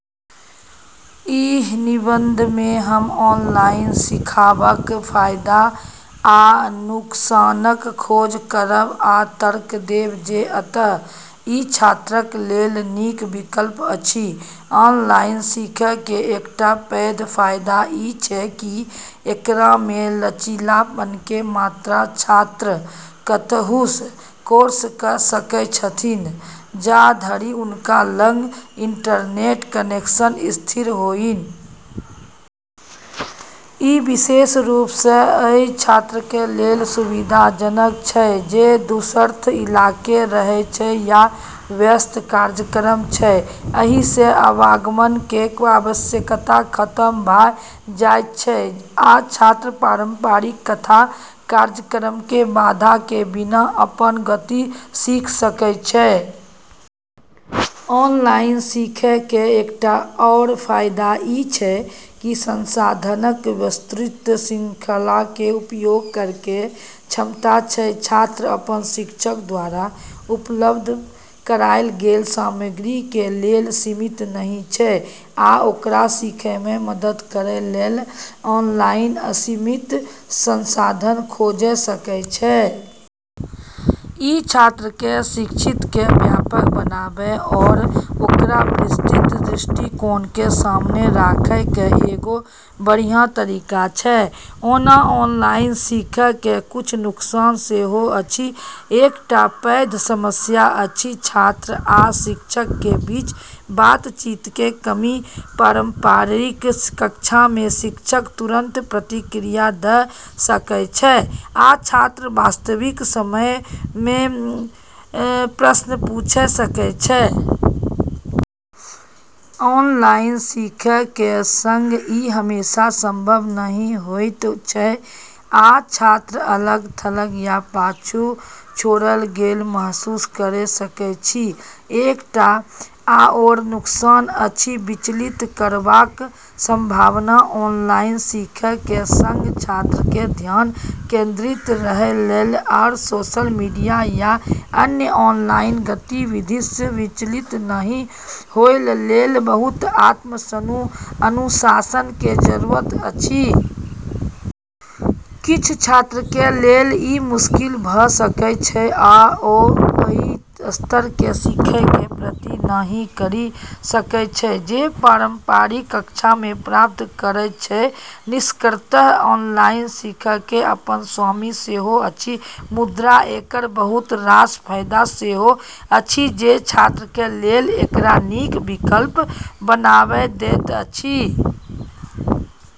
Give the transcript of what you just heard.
एहि निबंधमे हम ऑनलाइन सीखबाक फायदा आ नुकसानक खोज करब आ तर्क देब जे अंततः ई छात्रक लेल नीक विकल्प अछि। ऑनलाइन सिखैके एकटा पैघ फायदा ई छै कि एकरामे लचीलापनके मात्रा। छात्र कतहुसँ कोर्स क' सकै छथिन्ह, जा धरि हुनका लग इंटरनेट कनेक्शन स्थिर होइन। ई विशेष रूपसँ ओइ छात्रक लेल सुविधाजनक छै जे दूरस्थ इलाकामे रहै छै या व्यस्त कार्यक्रम छै। अइसँ आवागमनके आवश्यकता खतम भ' जाइत छै, आ छात्र पारंपरिक कक्षा कार्यक्रमके बाधाके बिना अपन गतिसँ सीख सकै छै। ऑनलाइन सिखैके एकटा आओर फाइदा ई छै कि संसाधनक विस्तृत श्रृंखलाके उपयोग करैके क्षमता छै। छात्र अपन शिक्षकक द्वारा उपलब्ध कराइल गेल सामग्रीके लेल सीमित नहि छै, आ ओकरा सीखयमे मदद करैके लेल ऑनलाइन असीमित संसाधन खोजि सकै छै। ई छात्रके क्षितिजके व्यापक बनाबै आओर ओकरा विस्तृत दृष्टिकोणके सामने राखैके एगो बढ़ियाँ तरीका छै। ओना ऑनलाइन सिखैके किछ नुकसान सेहो अछि। एकटा पैघ समस्या अछि छात्र आ शिक्षकके बीच बातचीतके कमी। पारंपरिक कक्षामे शिक्षक तुरंत प्रतिक्रिया द' सकै छै आ छात्र वास्तविक समयमे प्रश्न पूछि सकै छै। ऑनलाइन सिखैके सङ्ग ई हमेशा संभव नहि होइत छै, आ छात्र अलग-थलग या पाछू छोड़ल गेल महसूस करि सकै छै। एकटा आओर नुकसान अछि विचलित करबाक संभावना। ऑनलाइन सिखैके सङ्ग छात्रके धियान केंद्रित रहय लेल आ सोशल मीडिया या अन्य ऑनलाइन गतिविधिसँ विचलित नहि होबय लेल बहुत आत्म-अनुशासनके जरूरत अछि। किछ छात्रके लेल ई मुश्किल भ' सकैत छै, आ ओ ओइ स्तरके सिखैके प्राप्ति नहि करि सकै छै जे पारंपरिक कक्षामे प्राप्त करैत छै। निष्कर्षतः ऑनलाइन सिखैके अपन खामी सेहो अछि मुदा एकर बहुत रास फायदा सेहो अछि जे छात्रके लेल एकरा नीक विकल्प बना दैत अछि।